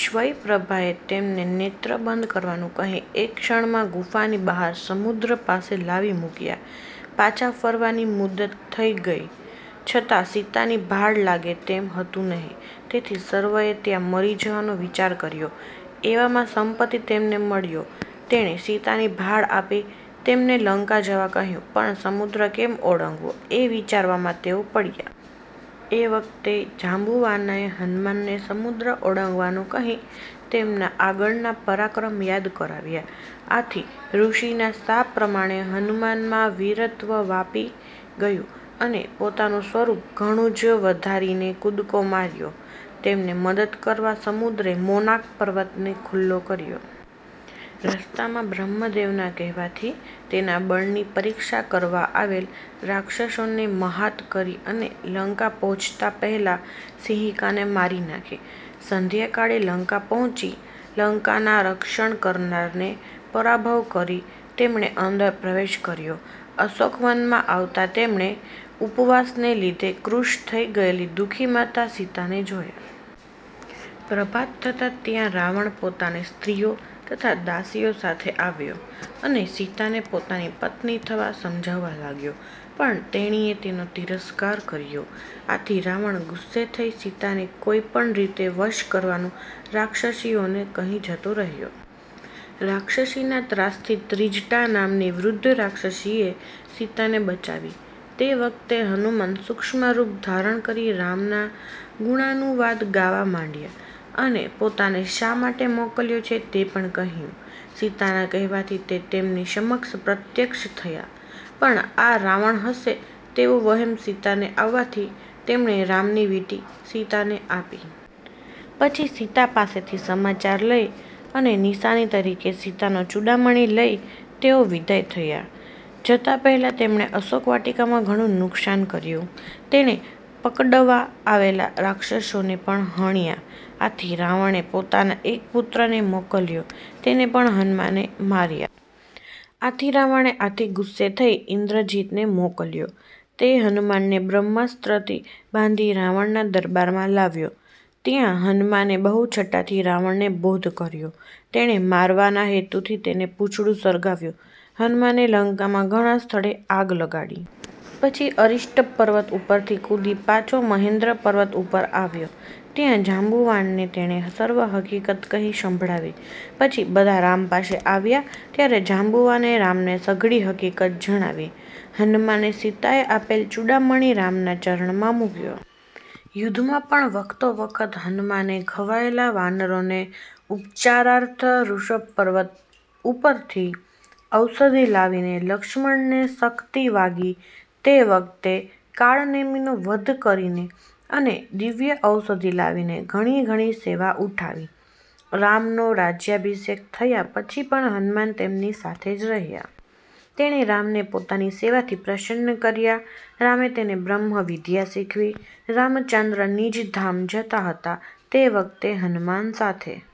સ્વયંપ્રભાએ તેમને નેત્ર બંધ કરવાનું કહી એક ક્ષણમાં ગુફાની બહાર સમુદ્ર પાસે લાવી મૂક્યા. પાછા ફરવાની મુદ્દત થઈ ગઈ છતાં સીતાની ભાળ લાગે તેમ હતું નહિ. તેથી સર્વેએ ત્યાં મરી જવાનો વિચાર કર્યો એવામાં સંપતિ તેમને મળ્યો, તેણે સીતાની ભાળ આપી તેમને લંકા જવા કહ્યું પણ સમુદ્ર કેમ ઓળંગવો એ વિચારમાં તેઓ પડ્યા. એ વખતે જાંબુવાને હનુમાનને સમુદ્ર ઓળંગવાનું કહી તેમના આગળના પરાક્રમ યાદ કરાવ્યા. આથી ઋષિના શાપ પ્રમાણે હનુમાનમાં વીરત્વ વ્યાપી ગયું અને પોતાનું સ્વરૂપ ઘણું જ વધારીને કૂદકો માર્યો. તેમને મદદ કરવા સમુદ્રે મૈનાક પર્વતને ખુલ્લો કર્યો. રસ્તામાં બ્રહ્મદેવના કહેવાથી તેના બળની પરીક્ષા કરવા આવેલ રાક્ષસોને મહાત કરી અને લંકા પહોચતાં પહેલા સિંહિકાને મારી નાખી; સંધ્યાકાળે લંકા પહોંચી, લંકાના રક્ષણ કરનારને પરાભવ કરી તેમણે અંદર પ્રવેશ કર્યો. અશોકવનમાં આવતાં તેમણે ઉપવાસને લીધે કૃશ થઈ ગયેલી દુખી માતા સીતાને જોયા. પ્રભાત થતાં ત્યાં રાવણ પોતાની સ્ત્રીઓ તથા દાસીઓ સાથે આવ્યો અને સીતાને પોતાની પત્ની થવા સમજાવવા લાગ્યો, પણ તેણીએ તેનો તિરસ્કાર કર્યો. આથી રાવણ ગુસ્સે થઈ સીતાને કોઈ પણ રીતે વશ કરવાનું રાક્ષસીઓને કહી જતો રહ્યો. રાક્ષસીના ત્રાસથી ત્રિજટા નામની વૃદ્ધ રાક્ષસીએ સીતાને બચાવી. તે વખતે હનુમાન સૂક્ષ્મ રૂપ ધારણ કરી રામના ગુણાનુવાદ ગાવા માંડ્યા અને પોતાને શા માટે મોકલ્યો છે તે પણ કહ્યું. સીતાના કહેવાથી તે તેમની સમક્ષ પ્રત્યક્ષ થયા, પણ આ રાવણ હશે તેવો વહેમ સીતાને આવવાથી તેમણે રામની વીંટી સીતાને આપી. પછી સીતા પાસેથી સમાચાર લઈ અને નિશાની તરીકે સીતાનો ચૂડામણિ લઈ તેઓ વિદાય થયા. જતાં પહેલાં તેમણે અશોકવાટિકામાં ઘણું નુક્સાન કર્યું. તેને પકડવા આવેલા રાક્ષસોને પણ હણ્યા. આથી રાવણે પોતાના એક પુત્રને મોકલ્યો, તેને પણ હનુમાને માર્યો. આથી રાવણે આથી ગુસ્સે થઈ ઇંદ્રજિતને મોકલ્યો; તે હનુમાનને બ્રહ્માસ્ત્રથી બાંધી રાવણના દરબારમાં લાવ્યો, ત્યાં હનુમાને બહુ છટાથી રાવણને બોધ કર્યો. તેને મારવાના હેતુથી તેનું પૂછડું સળગાવ્યું. હનુમાને લંકામાં ઘણે સ્થળે આગ લગાડી. પછી અરિષ્ટ પર્વત ઉપરથી કૂદી પાછો મહેંદ્ર પર્વત ઉપર આવ્યો. ત્યાં જાંબુવાનને તેણે સર્વ હકીકત કહી સંભળાવી. પછી બધા રામ પાસે આવ્યા, ત્યારે જાંબુવાને રામને સઘળી હકીકત જણાવી. હનુમાને સીતાએ આપેલ ચૂડામણિ રામના ચરણમાં મૂકયો. યુદ્ધમાં પણ વખતોવખત હનુમાને ઘવાયેલા વાનરોને ઉપચારાર્થે ઋષભ પર્વત ઉપરથી ઔષધિ લાવીને, લક્ષ્મણને શક્તિ વાગી તે વખતે કાળનેમીનો વધ કરીને અને દિવ્ય ઔષધિ લાવીને ઘણી ઘણી સેવા ઉઠાવી. રામનો રાજ્યાભિષેક થયા પછીપણ હનુમાન તેમની સાથે જ રહ્યા. તેણે રામને પોતાની સેવાથી પ્રસન્ન કર્યા, રામે તેને બ્રહ્મવિદ્યા શીખવી. રામચંદ્ર નિજધામ જતા હતા તે વખતે હનુમાન સાથે